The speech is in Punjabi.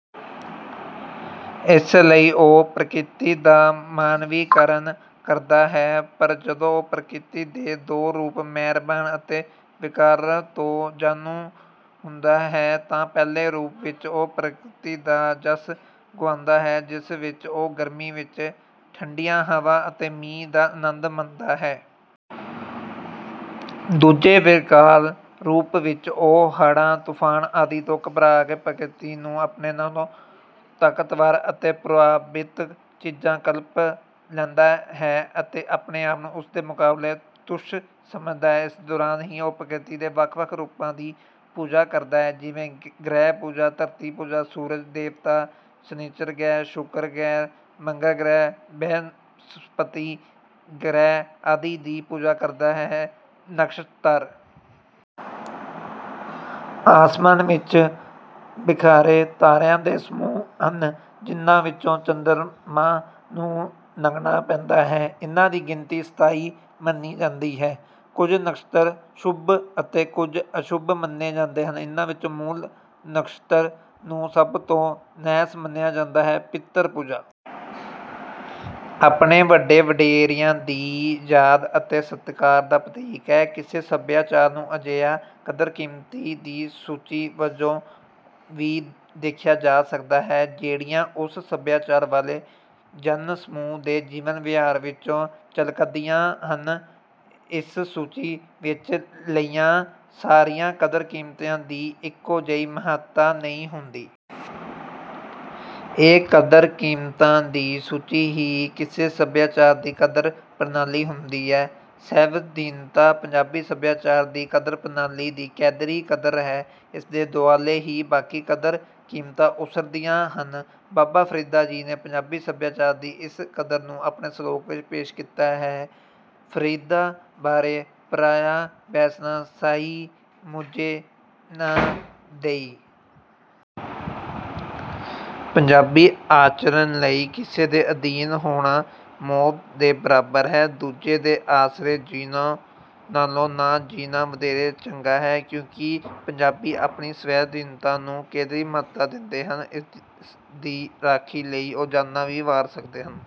ਇਸ ਲਈ ਉਹ ਪ੍ਰਕਿਰਤੀ ਦਾ ਮਾਨਵੀਕਰਨ ਕਰਦਾ ਹੈ। ਪਰ ਜਦੋਂ ਉਹ ਪ੍ਰਕਿਰਤੀ ਦੇ ਦੋ ਰੂਪਾਂ ਮਿਹਰਬਾਨ ਅਤੇ ਵਿਕਰਾਲ ਤੋਂ ਜਾਣੂ ਹੁੰਦਾ ਹੈ, ਤਾਂ ਪਹਿਲੇ ਰੂਪ ਵਿੱਚ ਉਹ ਪ੍ਰਕਿਰਤੀ ਦਾ ਜਸ ਗਾਉਂਦਾ ਹੈ, ਜਿਸ ਵਿੱਚ ਉਹ ਗਰਮੀ ਵਿੱਚ ਠੰਢੀਆਂ ਹਵਾਵਾਂ ਅਤੇ ਮੀਂਹ ਦਾ ਆਨੰਦ ਮਾਣਦਾ ਹੈ। ਦੂਜੇ, ਵਿਕਰਾਲ ਰੂਪ ਵਿੱਚ ਉਹ ਹੜ੍ਹ, ਤੂਫ਼ਾਨ ਆਦਿ ਤੋਂ ਘਬਰਾ ਕੇ ਪ੍ਰਕਿਰਤੀ ਨੂੰ ਆਪਣੇ ਨਾਲੋਂ ਤਾਕਤਵਰ ਅਤੇ ਪਰਾਭੌਤਿਕ ਚੀਜ਼ ਕਲਪ ਲੈਂਦਾ ਹੈ ਅਤੇ ਆਪਣੇ ਆਪ ਨੂੰ ਉਸ ਦੇ ਮੁਕਾਬਲੇ ਤੁੱਛ ਸਮਝਦਾ ਹੈ। ਇਸ ਦੌਰਾਨ ਹੀ ਉਹ ਪ੍ਰਕਿਰਤੀ ਦੇ ਵੱਖ-ਵੱਖ ਰੂਪਾਂ ਦੀ ਪੂਜਾ ਕਰਦਾ ਹੈ, ਜਿਵੇਂ—ਗ੍ਰਹਿ-ਪੂਜਾ, ਧਰਤੀ-ਪੂਜਾ, ਸੂਰਜ-ਦੇਵਤਾ, ਸ਼ਨਿਚਰ ਗ੍ਰਹਿ, ਸ਼ੁੱਕਰ ਗ੍ਰਹਿ, ਮੰਗਲ ਗ੍ਰਹਿ, ਬ੍ਰਹਿਸਪਤੀ ਗ੍ਰਹਿ ਆਦਿ ਦੀ ਪੂਜਾ ਕਰਦਾ ਹੈ। ਨਕਸ਼ਤਰ ਅਸਮਾਨ ਵਿੱਚ ਬਿਖਾਰੇ ਤਾਰਿਆਂ ਦੇ ਸਮੂਹ ਹਨ, ਜਿਨ੍ਹਾਂ ਵਿੱਚੋਂ ਚੰਦਰਮਾ ਨੂੰ ਲੰਘਣਾ ਪੈਂਦਾ ਹੈ। ਇਨ੍ਹਾਂ ਦੀ ਗਿਣਤੀ ਸਤਾਈ ਮੰਨੀ ਜਾਂਦੀ ਹੈ। ਕੁਝ ਨਕਸ਼ਤਰ ਸ਼ੁਭ ਅਤੇ ਕੁਝ ਅਸ਼ੁਭ ਮੰਨੇ ਜਾਂਦੇ ਹਨ। ਇਨ੍ਹਾਂ ਵਿੱਚੋਂ ਮੂਲ ਨਕਸ਼ਤਰ ਨੂੰ ਸਭ ਤੋਂ ਨਹਿਸ ਮੰਨਿਆ ਜਾਂਦਾ ਹੈ। ਪਿਤਰ-ਪੂਜਾ ਆਪਣੇ ਵੱਡੇ-ਵਡੇਰਿਆਂ ਦੀ ਯਾਦ ਅਤੇ ਸਤਿਕਾਰ ਦਾ ਪ੍ਰਤੀਕ ਹੈ। ਕਿਸੇ ਸਭਿਆਚਾਰ ਨੂੰ ਅਜਿਹੀਆਂ ਕਦਰ-ਕੀਮਤ ਦੀ ਸੂਚੀ ਵਜੋਂ ਵੀ ਦੇਖਿਆ ਜਾ ਸਕਦਾ ਹੈ, ਜਿਹੜੀਆਂ ਉਸ ਸਭਿਆਚਾਰ ਵਾਲੇ ਜਨ-ਸਮੂਹ ਦੇ ਜੀਵਨ-ਵਿਹਾਰ ਵਿੱਚੋਂ ਝਲਕਦੀਆਂ ਹਨ। ਇਸ ਸੂਚੀ ਵਿੱਚਲੀਆਂ ਸਾਰੀਆਂ ਕਦਰ-ਕੀਮਤਾਂ ਦੀ ਇੱਕੋ ਜਿਹੀ ਮਹੱਤਤਾ ਨਹੀਂ ਹੁੰਦੀ। ਇਹ ਕਦਰਾਂ-ਕੀਮਤਾਂ ਦੀ ਸੂਚੀ ਹੀ ਕਿਸੇ ਸਭਿਆਚਾਰ ਦੀ ਕਦਰ-ਪ੍ਰਣਾਲੀ ਹੁੰਦੀ ਹੈ। ਸਵੈਧੀਨਤਾ ਪੰਜਾਬੀ ਸਭਿਆਚਾਰ ਦੀ ਕਦਰ-ਪ੍ਰਣਾਲੀ ਦੀ ਕੇਂਦਰੀ ਕਦਰ ਹੈ। ਇਸ ਦੇ ਦੁਆਲੇ ਹੀ ਬਾਕੀ ਕਦਰਾਂ-ਕੀਮਤਾਂ ਉਸਰਦੀਆਂ ਹਨ। ਬਾਬਾ ਫ਼ਰੀਦ ਜੀ ਨੇ ਪੰਜਾਬੀ ਸਭਿਆਚਾਰ ਦੀ ਇਸੇ ਕਦਰ ਨੂੰ ਆਪਣੇ ਸਲੋਕ ਵਿੱਚ ਪੇਸ਼ ਕੀਤਾ ਹੈ ਫਰੀਦਾ ਬਾਰਿ ਪਰਾਇਐ ਬੈਸਣਾ, ਸਾਈਂ ਮੁਝੈ ਨ ਦੇਹਿ। ਪੰਜਾਬੀ ਆਚਰਨ ਲਈ ਕਿਸੇ ਦੇ ਅਧੀਨ ਹੋਣਾ ਮੌਤ ਦੇ ਬਰਾਬਰ ਹੈ। ਦੂਜੇ ਦੇ ਆਸਰੇ ਜੀਊਣ ਨਾਲੋਂ ਨਾ ਜੀਊਣਾ ਵਧੇਰੇ ਚੰਗਾ ਹੈ, ਕਿਉਂਕਿ ਪੰਜਾਬੀ ਆਪਣੀ ਸਵੈਧੀਨਤਾ ਨੂੰ ਕੇਂਦਰੀ ਮਹੱਤਤਾ ਦਿੰਦੇ ਹਨ। ਇਸ ਦੀ ਰਾਖੀ ਲਈ ਉਹ ਜਾਨਾਂ ਵੀ ਵਾਰ ਸਕਦੇ ਹਨ।